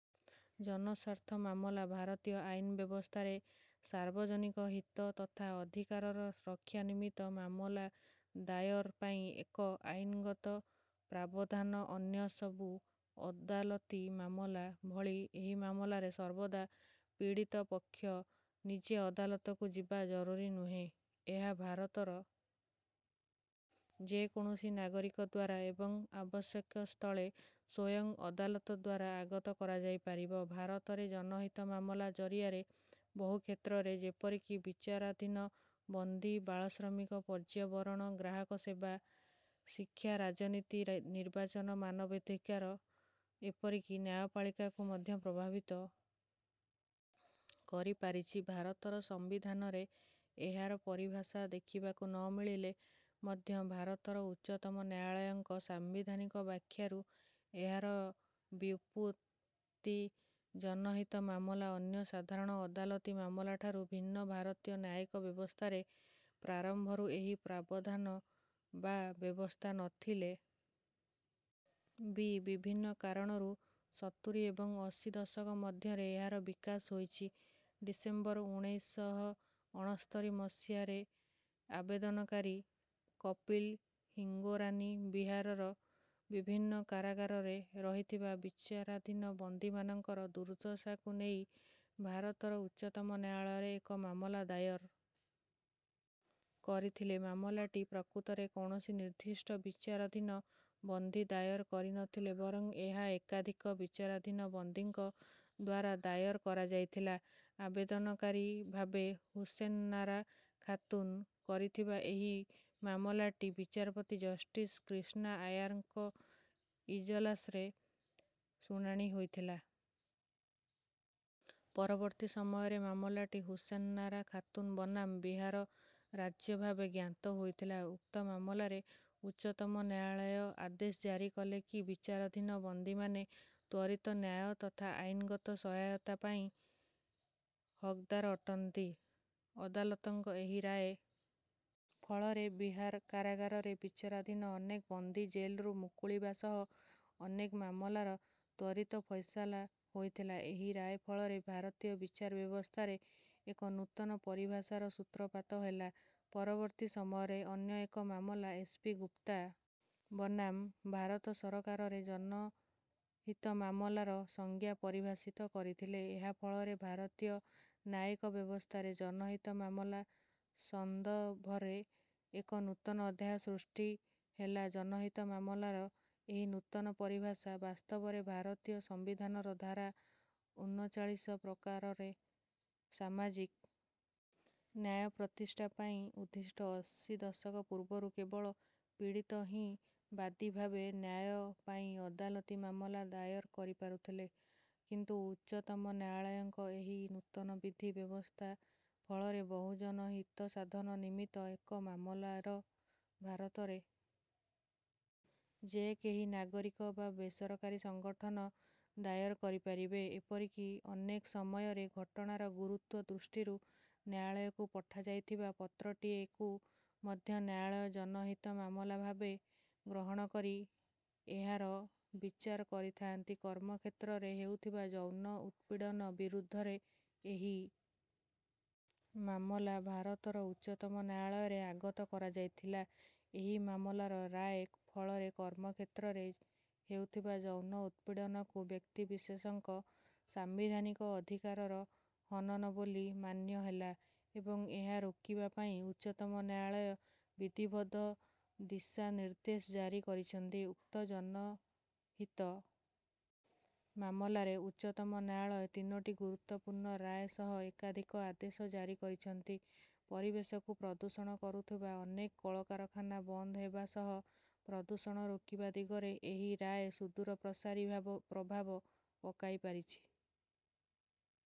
ଜନସ୍ୱାର୍ଥ ମାମଲା ଭାରତୀୟ ଆଇନ ବ୍ୟବସ୍ଥାରେ ସାର୍ବଜନିକ ହିତ ତଥା ଅଧିକାରର ରକ୍ଷା ନିମିତ୍ତ ମାମଲା ଦାୟର ପାଇଁ ଏକ ଆଇନଗତ ପ୍ରାବଧାନ ଅନ୍ୟସବୁ ଅଦାଲତି ମାମଲା ଭଳି ଏହି ମାମଲାରେ ସର୍ବଦା ପୀଡ଼ିତ ପକ୍ଷ ନିଜେ ଅଦାଲତକୁ ଯିବା ଜରୁରୀ ନୁହେଁ ଏହା ଭାରତର ଯେ କୌଣସି ନାଗରିକ ଦ୍ୱାରା ଏବଂ ଆବଶ୍ୟକ ସ୍ଥଳେ ସ୍ୱୟଂ ଅଦାଲତ ଦ୍ୱାରା ଆଗତ କରାଯାଇପାରିବ ଭାରତରେ ଜନହିତ ମାମଲା ଜରିଆରେ ବହୁ କ୍ଷେତ୍ରରେ ଯେପରିକି ବିଚାରାଧୀନ ବନ୍ଦୀ ବାଳଶ୍ରମିକ ପର୍ଯ୍ୟାବରଣ ଗ୍ରାହକ ସେବା ଶିକ୍ଷା ରାଜନୀତି ନିର୍ବାଚନ ମାନବାଧିକାର ଏପରିକି ନ୍ୟାୟପାଳିକାକୁ ମଧ୍ୟ ପ୍ରଭାବିତ କରିପାରିଛି ଭାରତର ସମ୍ବିଧାନରେ ଏହାର ପରିଭାଷା ଦେଖିବାକୁ ନ ମିଳିଲେ ମଧ୍ୟ ଭାରତର ଉଚ୍ଚତମ ନ୍ୟାୟାଳୟଙ୍କ ସାମ୍ବିଧାନିକ ବ୍ୟାଖ୍ୟାରୁ ଏହାର ବ୍ୟୁତ୍ପତ୍ତି ଜନହିତ ମାମଲା ଅନ୍ୟ ସାଧାରଣ ଅଦାଲତି ମାମଲାଠାରୁ ଭିନ୍ନ ଭାରତୀୟ ନ୍ୟାୟିକ ବ୍ୟବସ୍ଥାରେ ପ୍ରାରମ୍ଭରୁ ଏହି ପ୍ରାବଧାନ ବା ବ୍ୟବସ୍ଥା ନ ଥିଲେ ବି ବିଭିନ୍ନ କାରଣରୁ ସତୁରୀ ଏବଂ ଅଶୀ ଦଶକ ମଧ୍ୟରେ ଏହାର ବିକାଶ ହୋଇଛି ଡିସେମ୍ବର ଉଣେଇଶ ଶହ ଅଣସ୍ତରି ମସିହାରେ ଆବେଦନକାରୀ କପିଲ ହିଙ୍ଗୋରାନୀ ବିହାରର ବିଭିନ୍ନ କାରାଗାରରେ ରହିଥିବା ବିଚାରାଧୀନ ବନ୍ଦୀମାନଙ୍କର ଦୁର୍ଦ୍ଦଶାକୁ ନେଇ ଭାରତର ଉଚ୍ଚତମ ନ୍ୟାୟାଳୟରେ ଏକ ମାମଲା ଦାୟର କରିଥିଲେ ମାମଲାଟି ପ୍ରକୃତରେ କୌଣସି ନିର୍ଦ୍ଦିଷ୍ଟ ବିଚାରାଧୀନ ବନ୍ଦୀ ଦାୟର କରି ନ ଥିଲେ ବରଂ ଏହା ଏକାଧିକ ବିଚାରାଧୀନ ବନ୍ଦୀଙ୍କ ଦ୍ୱାରା ଦାୟର କରାଯାଇଥିଲା ଆବେଦନକାରୀ ଭାବେ ହୁସେନ୍ନାରା ଖାତୁନ କରିଥିବା ଏହି ମାମଲାଟି ବିଚାରପତି ଜଷ୍ଟିସ କ୍ରିଷ୍ଣା ଆୟାରଙ୍କ ଇଜଲାସରେ ଶୁଣାଣି ହୋଇଥିଲା ପରବର୍ତ୍ତୀ ସମୟରେ ମାମଲାଟି ହୁସେନ୍ନାରା ଖାତୁନ ବନାମ ବିହାର ରାଜ୍ୟ ଭାବେ ଜ୍ଞାତ ହୋଇଥିଲା ଉକ୍ତ ମାମଲାରେ ଉଚ୍ଚତମ ନ୍ୟାୟାଳୟ ଆଦେଶ ଜାରି କଲେ କି ବିଚାରାଧୀନ ବନ୍ଦୀମାନେ ତ୍ୱରିତ ନ୍ୟାୟ ତଥା ଆଇନଗତ ସହାୟତା ପାଇବା ପାଇଁ ହକଦାର ଅଟନ୍ତି ଅଦାଲତଙ୍କ ଏହି ରାୟ ଫଳରେ ବିହାର କାରାଗାରରେ ବିଚାରାଧୀନ ଅନେକ ବନ୍ଦୀ ଜେଲରୁ ମୁକୁଳିବା ସହ ଅନେକ ମାମଲାର ତ୍ୱରିତ ଫୈସଲା ହୋଇଥିଲା ଏହି ରାୟ ଫଳରେ ଭାରତୀୟ ବିଚାର ବ୍ୟବସ୍ଥାରେ ଏକ ନୂତନ ପରିଭାଷାର ସୂତ୍ରପାତ ହେଲା ପରବର୍ତ୍ତୀ ସମୟରେ ଅନ୍ୟ ଏକ ମାମଲା ଏସ୍ ପି ଗୁପ୍ତା ବନାମ ଭାରତ ସରକାରରେ ଜନହିତ ମାମଲାର ସଂଜ୍ଞା ପରିଭାଷିତ କରିଥିଲେ ଏହା ଫଳରେ ଭାରତୀୟ ନ୍ୟାୟିକ ବ୍ୟବସ୍ଥାରେ ଜନହିତ ମାମଲା ସନ୍ଦର୍ଭରେ ଏକ ନୂତନ ଅଧ୍ୟାୟ ସୃଷ୍ଟି ହେଲା ଜନହିତ ମାମଲାର ଏହି ନୂତନ ପରିଭାଷା ବାସ୍ତବରେ ଭାରତୀୟ ସମ୍ବିଧାନର ଧାରା ଉନଚାଳିଶ ପ୍ରକାରେ ସାମାଜିକ ନ୍ୟାୟ ପ୍ରତିଷ୍ଠା ପାଇଁ ଉଦ୍ଦିଷ୍ଟ ଅଶୀ ଦଶକ ପୂର୍ବରୁ କେବଳ ପୀଡ଼ିତ ହିଁ ବାଦୀ ଭାବେ ନ୍ୟାୟ ପାଇଁ ଅଦାଲତି ମାମଲା ଦାୟର କରିପାରୁଥିଲେ କିନ୍ତୁ ଉଚ୍ଚତମ ନ୍ୟାୟାଳୟଙ୍କ ଏହି ନୂତନ ବିଧି ବ୍ୟବସ୍ଥା ଫଳରେ ବହୁଜନ ହିତ ସାଧନ ନିମିତ୍ତ ଏକ ମାମଲା ଭାରତରେ ଯେ କେହି ନାଗରିକ ବା ବେସରକାରୀ ସଂଗଠନ ଦାୟର କରିପାରିବେ ଏପରିକି ଅନେକ ସମୟରେ ଘଟଣାର ଗୁରୁତ୍ୱ ଦୃଷ୍ଟିରୁ ନ୍ୟାୟାଳୟକୁ ପଠାଯାଇଥିବା ପତ୍ରଟିଏକୁ ମଧ୍ୟ ନ୍ୟାୟାଳୟ ଜନହିତ ମାମଲା ଭାବେ ଗ୍ରହଣ କରି ଏହାର ବିଚାର କରିଥାଆନ୍ତି କର୍ମକ୍ଷେତ୍ରରେ ହେଉଥିବା ଯୌନ ଉତ୍ପୀଡ଼ନ ବିରୁଦ୍ଧରେ ଏହି ମାମଲା ଭାରତର ଉଚ୍ଚତମ ନ୍ୟାୟାଳୟରେ ଆଗତ କରାଯାଇଥିଲା ଏହି ମାମଲାର ରାୟ ଫଳରେ କର୍ମକ୍ଷେତ୍ରରେ ହେଉଥିବା ଯୌନ ଉତ୍ପୀଡ଼ନକୁ ବ୍ୟକ୍ତିବିଶେଷଙ୍କ ସାମ୍ବିଧାନିକ ଅଧିକାରର ହନନ ବୋଲି ମାନ୍ୟ ହେଲା ଏବଂ ଏହା ରୋକିବା ପାଇଁ ଉଚ୍ଚତମ ନ୍ୟାୟାଳୟ ବିଧିବଦ୍ଧ ଦିଶାନିର୍ଦ୍ଦେଶ ଜାରି କରିଛନ୍ତି ଉକ୍ତ ଜନହିତ ମାମଲାରେ ଉଚ୍ଚତମ ନ୍ୟାୟାଳୟ ତିନୋଟି ଗୁରୁତ୍ୱପୂର୍ଣ୍ଣ ରାୟ ସହ ଏକାଧିକ ଆଦେଶ ଜାରି କରିଛନ୍ତି ପରିବେଶକୁ ପ୍ରଦୂଷଣ କରୁଥିବା ଅନେକ କଳକାରଖାନା ବନ୍ଦ ହେବା ସହ ପ୍ରଦୂଷଣ ରୋକିବା ଦିଗରେ ଏହି ରାୟ ସୁଦୂରପ୍ରସାରୀ ପ୍ରଭାବ ପକାଇପାରିଛି